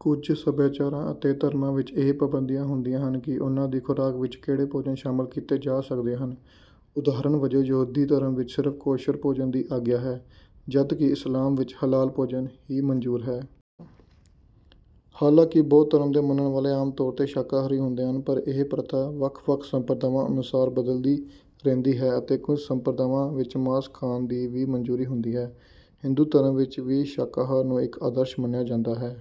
ਕੁਝ ਸਭਿਆਚਾਰਾਂ ਅਤੇ ਧਰਮਾਂ ਵਿੱਚ ਇਹ ਪਾਬੰਦੀਆਂ ਹੁੰਦੀਆਂ ਹਨ ਕਿ ਉਨ੍ਹਾਂ ਦੀ ਖੁਰਾਕ ਵਿੱਚ ਕਿਹੜੇ ਭੋਜਨ ਸ਼ਾਮਲ ਕੀਤੇ ਜਾ ਸਕਦੇ ਹਨ। ਉਦਾਹਰਨ ਵਜੋਂ, ਯਹੂਦੀ ਧਰਮ ਵਿੱਚ ਸਿਰਫ਼ ਕੋਸ਼ਰ ਭੋਜਨ ਦੀ ਆਗਿਆ ਹੈ, ਜਦਕਿ ਇਸਲਾਮ ਵਿੱਚ ਹਲਾਲ ਭੋਜਨ ਹੀ ਮਨਜ਼ੂਰ ਹੈ। ਹਾਲਾਂਕਿ ਬੌਧ ਧਰਮ ਦੇ ਮੰਨਣ ਵਾਲੇ ਆਮ ਤੌਰ ’ਤੇ ਸ਼ਾਕਾਹਾਰੀ ਹੁੰਦੇ ਹਨ, ਪਰ ਇਹ ਪ੍ਰਥਾ ਵੱਖ-ਵੱਖ ਸੰਪਰਦਾਵਾਂ ਅਨੁਸਾਰ ਬਦਲਦੀ ਰਹਿੰਦੀ ਹੈ ਅਤੇ ਕੁਝ ਸੰਪਰਦਾਵਾਂ ਵਿੱਚ ਮਾਸ ਖਾਣ ਦੀ ਵੀ ਮਨਜ਼ੂਰੀ ਹੁੰਦੀ ਹੈ। ਹਿੰਦੂ ਧਰਮ ਵਿੱਚ ਵੀ ਸ਼ਾਕਾਹਾਰ ਨੂੰ ਇੱਕ ਆਦਰਸ਼ ਮੰਨਿਆ ਜਾਂਦਾ ਹੈ।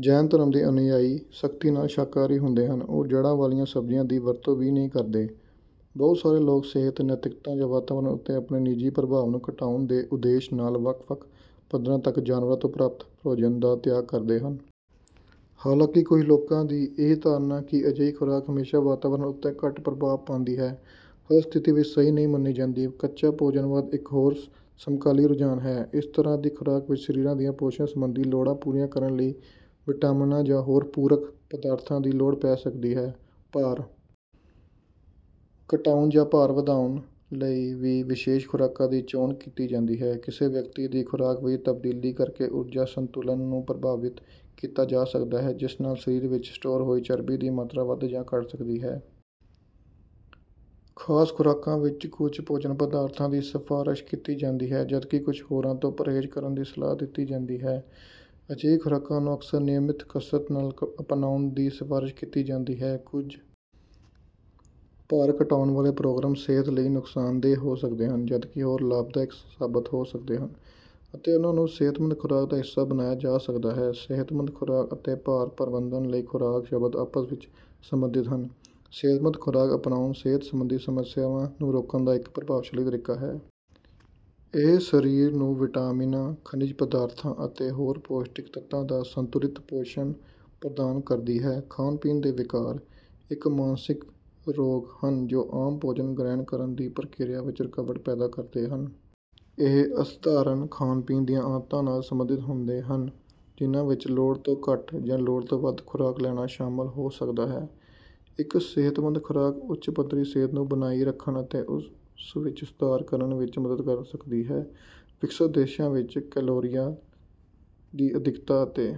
ਜੈਨ ਧਰਮ ਦੇ ਅਨੁਯਾਈ ਸਖ਼ਤੀ ਨਾਲ ਸ਼ਾਕਾਹਾਰੀ ਹੁੰਦੇ ਹਨ ਅਤੇ ਉਹ ਜੜ੍ਹਾਂ ਵਾਲੀਆਂ ਸਬਜ਼ੀਆਂ ਦੀ ਵਰਤੋਂ ਵੀ ਨਹੀਂ ਕਰਦੇ। ਬਹੁਤ ਸਾਰੇ ਲੋਕ ਸਿਹਤ, ਨੈਤਿਕਤਾ ਜਾਂ ਵਾਤਾਵਰਣ ਉੱਤੇ ਆਪਣੇ ਨਿੱਜੀ ਪ੍ਰਭਾਵ ਨੂੰ ਘਟਾਉਣ ਦੇ ਉਦੇਸ਼ ਨਾਲ ਵੱਖ-ਵੱਖ ਪੱਧਰਾਂ ਤੱਕ ਜਾਨਵਰਾਂ ਤੋਂ ਪ੍ਰਾਪਤ ਭੋਜਨ ਦਾ ਤਿਆਗ ਕਰਦੇ ਹਨ। ਹਾਲਾਂਕਿ, ਕੁਝ ਲੋਕਾਂ ਦੀ ਇਹ ਧਾਰਨਾ ਕਿ ਅਜਿਹੀ ਖੁਰਾਕ ਹਮੇਸ਼ਾਂ ਵਾਤਾਵਰਣ ਉੱਤੇ ਘੱਟ ਪ੍ਰਭਾਵ ਪਾਂਦੀ ਹੈ, ਹਰ ਸਥਿਤੀ ਵਿੱਚ ਸਹੀ ਨਹੀਂ ਮੰਨੀ ਜਾਂਦੀ। ਕੱਚਾ ਭੋਜਨਵਾਦ ਇੱਕ ਹੋਰ ਸਮਕਾਲੀ ਰੁਝਾਨ ਹੈ। ਇਸ ਤਰ੍ਹਾਂ ਦੀ ਖੁਰਾਕ ਵਿੱਚ ਸਰੀਰ ਦੀਆਂ ਪੋਸ਼ਣ ਸੰਬੰਧੀ ਲੋੜਾਂ ਪੂਰੀਆਂ ਕਰਨ ਲਈ ਵਿਟਾਮਿਨਾਂ ਜਾਂ ਹੋਰ ਪੂਰਕ ਪਦਾਰਥਾਂ ਦੀ ਲੋੜ ਪੈ ਸਕਦੀ ਹੈ। ਭਾਰ ਘਟਾਉਣ ਜਾਂ ਭਾਰ ਵਧਾਉਣ ਲਈ ਵੀ ਵਿਸ਼ੇਸ਼ ਖੁਰਾਕਾਂ ਦੀ ਚੋਣ ਕੀਤੀ ਜਾਂਦੀ ਹੈ। ਕਿਸੇ ਵਿਅਕਤੀ ਦੀ ਖੁਰਾਕ ਵਿੱਚ ਤਬਦੀਲੀ ਕਰਕੇ ਊਰਜਾ ਸੰਤੁਲਨ ਨੂੰ ਪ੍ਰਭਾਵਿਤ ਕੀਤਾ ਜਾ ਸਕਦਾ ਹੈ, ਜਿਸ ਨਾਲ ਸਰੀਰ ਵਿੱਚ ਸਟੋਰ ਹੋਈ ਚਰਬੀ ਦੀ ਮਾਤਰਾ ਵਧ ਜਾਂ ਘਟ ਸਕਦੀ ਹੈ। ਖ਼ਾਸ ਖੁਰਾਕਾਂ ਵਿੱਚ ਕੁਝ ਭੋਜਨ ਪਦਾਰਥਾਂ ਦੀ ਸਿਫ਼ਾਰਸ਼ ਕੀਤੀ ਜਾਂਦੀ ਹੈ, ਜਦਕਿ ਕੁਝ ਹੋਰਾਂ ਤੋਂ ਪਰਹੇਜ਼ ਕਰਨ ਦੀ ਸਲਾਹ ਦਿੱਤੀ ਜਾਂਦੀ ਹੈ। ਅਜਿਹੀਆਂ ਖੁਰਾਕਾਂ ਨੂੰ ਅਕਸਰ ਨਿਯਮਿਤ ਕਸਰਤ ਨਾਲ ਅਪਣਾਉਣ ਦੀ ਸਿਫ਼ਾਰਸ਼ ਕੀਤੀ ਜਾਂਦੀ ਹੈ। ਕੁਝ ਭਾਰ ਘਟਾਉਣ ਵਾਲੇ ਪ੍ਰੋਗਰਾਮ ਸਿਹਤ ਲਈ ਨੁਕਸਾਨਦੇਹ ਹੋ ਸਕਦੇ ਹਨ, ਜਦਕਿ ਹੋਰ ਲਾਭਦਾਇਕ ਸਾਬਤ ਹੋ ਸਕਦੇ ਹਨ ਅਤੇ ਉਨ੍ਹਾਂ ਨੂੰ ਸਿਹਤਮੰਦ ਖੁਰਾਕ ਦਾ ਹਿੱਸਾ ਬਣਾਇਆ ਜਾ ਸਕਦਾ ਹੈ। “ਸਿਹਤਮੰਦ ਖੁਰਾਕ” ਅਤੇ “ਭਾਰ ਪ੍ਰਬੰਧਨ ਲਈ ਖੁਰਾਕ” ਸ਼ਬਦ ਆਪਸ ਵਿੱਚ ਸੰਬੰਧਿਤ ਹਨ, ਸਿਹਤਮੰਦ ਖੁਰਾਕ ਅਪਣਾਉਣਾ ਸਿਹਤ ਸੰਬੰਧੀ ਸਮੱਸਿਆਵਾਂ ਨੂੰ ਰੋਕਣ ਦਾ ਇੱਕ ਪ੍ਰਭਾਵਸ਼ਾਲੀ ਤਰੀਕਾ ਹੈ। ਇਹ ਸਰੀਰ ਨੂੰ ਵਿਟਾਮਿਨਾਂ, ਖਣਿਜ ਪਦਾਰਥਾਂ ਅਤੇ ਹੋਰ ਪੌਸ਼ਟਿਕ ਤੱਤਾਂ ਦਾ ਸੰਤੁਲਿਤ ਪੋਸ਼ਣ ਪ੍ਰਦਾਨ ਕਰਦੀ ਹੈ। ਖਾਣ-ਪੀਣ ਦੇ ਵਿਕਾਰ। ਇੱਕ ਮਾਨਸਿਕ ਰੋਗ ਹਨ, ਜੋ ਆਮ ਭੋਜਨ ਗ੍ਰਹਿਣ ਕਰਨ ਦੀ ਪ੍ਰਕਿਰਿਆ ਵਿੱਚ ਰੁਕਾਵਟ ਪੈਦਾ ਕਰਦੇ ਹਨ। ਇਹ ਅਸਧਾਰਣ ਖਾਣ-ਪੀਣ ਦੀਆਂ ਆਦਤਾਂ ਨਾਲ ਸੰਬੰਧਿਤ ਹੁੰਦੇ ਹਨ, ਜਿਨ੍ਹਾਂ ਵਿੱਚ ਲੋੜ ਤੋਂ ਘੱਟ ਜਾਂ ਲੋੜ ਤੋਂ ਵੱਧ ਖੁਰਾਕ ਲੈਣਾ ਸ਼ਾਮਲ ਹੋ ਸਕਦਾ ਹੈ। ਇੱਕ ਸਿਹਤਮੰਦ ਖੁਰਾਕ ਉੱਚ ਪੱਧਰੀ ਸਿਹਤ ਨੂੰ ਬਣਾਈ ਰੱਖਣ ਅਤੇ ਉਸ ਵਿੱਚ ਸੁਧਾਰ ਕਰਨ ਵਿੱਚ ਮਦਦ ਕਰ ਸਕਦੀ ਹੈ। ਵਿਕਸਤ ਦੇਸ਼ਾਂ ਵਿੱਚ, ਕੈਲੋਰੀਆਂ ਦੀ ਅਧਿਕਤਾ ਅਤੇ…